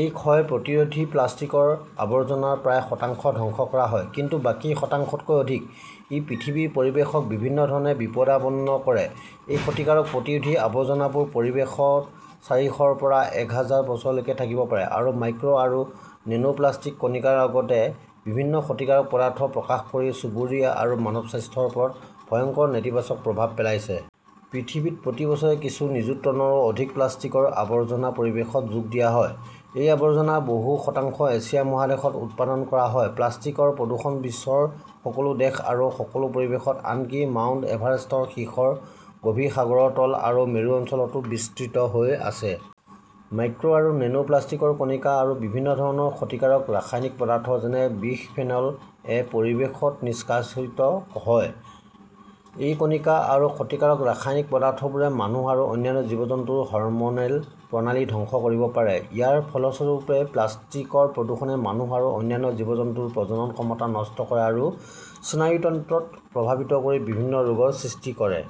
এই ক্ষয় প্ৰতিৰোধী প্লাষ্টিকৰ আৱৰ্জনাৰ প্ৰায় শতাংশ ধ্বংস কৰা হয়, কিন্তু বাকী শতাংশতকৈ অধিক । ই পৃথিৱীৰ পৰিৱেশক বিভিন্ন ধৰণে বিপদাপন্ন কৰে। এই ক্ষতিকাৰক প্ৰতিৰোধী আৱৰ্জনাবোৰ পৰিৱেশত চাৰিশৰ পৰা এক হাজাৰ বছৰলৈকে থাকিব পাৰে আৰু মাইক্ৰ আৰু নেনোপ্লাস্টিক কণিকাৰ লগতে বিভিন্ন ক্ষতিকাৰক পদাৰ্থ প্ৰকাশ কৰি চুবুৰীয়া আৰু মানৱ স্বাস্থ্যৰ ওপৰত ভয়ংকৰ নেতিবাচক প্ৰভাৱ পেলাইছে। পৃথিৱীত প্ৰতি বছৰে কিছু নিযুত টনৰো অধিক প্লাষ্টিকৰ আৱৰ্জনা পৰিৱেশত যোগ দিয়া হয়। এই আৱৰ্জনাৰ বহু শতাংশ এছিয়া মহাদেশত উৎপাদন কৰা হয়। প্লাষ্টিকৰ প্ৰদূষণ বিশ্বৰ সকলো দেশ আৰু সকলো পৰিৱেশত, আনকি মাউণ্ট এভাৰেষ্টৰ শিখৰ, গভীৰ সাগৰৰ তল আৰু মেৰু অঞ্চলতো বিস্তৃত হৈ আছে। মাইক্ৰ আৰু নেনো প্লাষ্টিকৰ কণিকা আৰু বিভিন্ন ধৰণৰ ক্ষতিকাৰক ৰাসায়নিক পদাৰ্থ, যেনে বিসফেনল-এ পৰিৱেশত নিষ্কাশিত হয়। এই কণিকা আৰু ক্ষতিকাৰক ৰাসায়নিক পদাৰ্থবোৰে মানুহ আৰু অন্যান্য জীৱ-জন্তুৰ হৰম'নেল প্ৰণালী ধ্বংস কৰিব পাৰে। ইয়াৰ ফলস্বৰূপে প্লাষ্টিকৰ প্ৰদূষণে মানুহ আৰু অন্যান্য জীৱ-জন্তুৰ প্ৰজনন ক্ষমতা নষ্ট কৰে আৰু স্নায়ুতন্ত্ৰক প্ৰভাৱিত কৰি বিভিন্ন ৰোগৰ সৃষ্টি কৰে।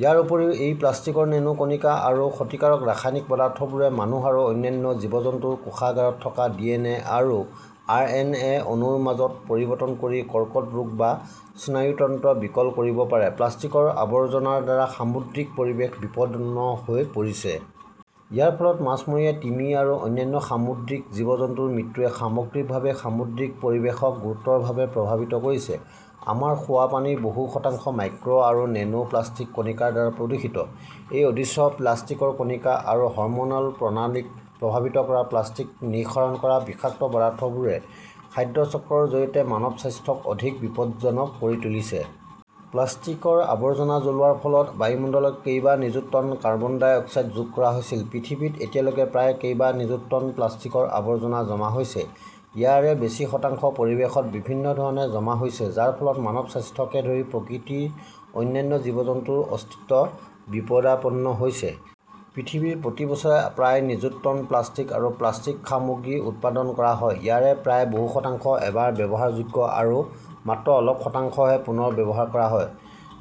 ইয়াৰ উপৰিও এই প্লাষ্টিকৰ নেনো কণিকা আৰু ক্ষতিকাৰক ৰাসায়নিক পদাৰ্থবোৰে মানুহ আৰু অন্যান্য জীৱ-জন্তুৰ কোষাগাৰত থকা ডিএনএ আৰু আৰএনএ অণুৰ মাজত পৰিৱৰ্তন কৰি কৰ্কট ৰোগ বা স্নায়ুতন্ত্ৰ বিকল কৰিব পাৰে। প্লাষ্টিকৰ আৱৰ্জনাৰ দ্বাৰা সামুদ্ৰিক পৰিৱেশ বিপন্ন হৈ পৰিছে। ইয়াৰ ফলত মাছমৰীয়া, তিমি আৰু অন্যান্য সামুদ্ৰিক জীৱ-জন্তুৰ মৃত্যুৱে সামগ্ৰিকভাৱে সামুদ্ৰিক পৰিৱেশক গুৰুতৰভাৱে প্ৰভাৱিত কৰিছে। আমাৰ খোৱা পানীৰ বহু শতাংশ মাইক্ৰ আৰু নেনোপ্লাস্টিক কণিকাৰ দ্বাৰা প্ৰদূষিত। এই অদৃশ্য প্লাষ্টিকৰ কণিকা আৰু হৰম'ন'ল প্ৰণালীক প্ৰভাৱিত কৰা প্লাষ্টিক নিঃসৰণ কৰা বিষাক্ত পদাৰ্থবোৰে খাদ্য চক্ৰৰ জৰিয়তে মানৱ স্বাস্থ্যক অধিক বিপদজনক কৰি তুলিছে। প্লাষ্টিকৰ আৱৰ্জনা জ্বলোৱাৰ ফলত বায়ুমণ্ডলত কেইবা নিযুত টন কাৰ্বন ডাই অক্সাইড যোগ কৰা হৈছিল। পৃথিৱীত এতিয়ালৈকে প্ৰায় কেইবা নিযুত টন প্লাষ্টিকৰ আৱৰ্জনা জমা হৈছে। ইয়াৰে বেছি শতাংশ পৰিৱেশত বিভিন্ন ধৰণে জমা হৈছে, যাৰ ফলত মানৱ স্বাস্থ্যকে ধৰি প্ৰকৃতিৰ অন্যান্য জীৱ-জন্তুৰ অস্তিত্ব বিপদাপন্ন হৈছে। পৃথিৱীত প্ৰতি বছৰে প্ৰায় নিযুত টন প্লাষ্টিক আৰু প্লাষ্টিক সামগ্ৰী উৎপাদন কৰা হয়। ইয়াৰে প্ৰায় বহু শতাংশ এবাৰ ব্যৱহাৰযোগ্য আৰু মাত্ৰ অলপ শতাংশহে পুনৰ ব্যৱহাৰ কৰা হয়।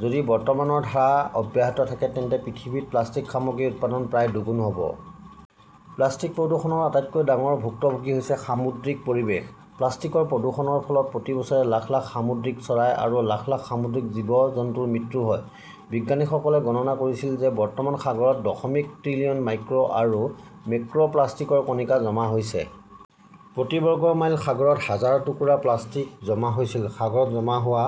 যদি বৰ্তমানৰ ধাৰা অব্যাহত থাকে, তেন্তে পৃথিৱীত প্লাষ্টিক সামগ্ৰীৰ উৎপাদন প্ৰায় দুগুণ হ'ব। প্লাষ্টিক প্ৰদূষণৰ আটাইতকৈ ডাঙৰ ভুক্তভোগী হৈছে সামুদ্ৰিক পৰিৱেশ। প্লাষ্টিকৰ প্ৰদূষণৰ ফলত প্ৰতি বছৰে লাখ লাখ সামুদ্ৰিক চৰাই আৰু লাখ লাখ সামুদ্ৰিক জীৱ-জন্তুৰ মৃত্যু হয়। বিজ্ঞানীসকলে গণনা কৰিছিল যে বৰ্তমান সাগৰত দশমিক ত্ৰিলিয়ন মাইক্ৰ আৰু মেক্ৰ'প্লাষ্টিকৰ কণিকা জমা হৈছে। প্ৰতি বৰ্গ মাইল সাগৰত হাজাৰ টুকুৰা প্লাষ্টিক জমা হৈছিল। সাগৰত জমা হোৱা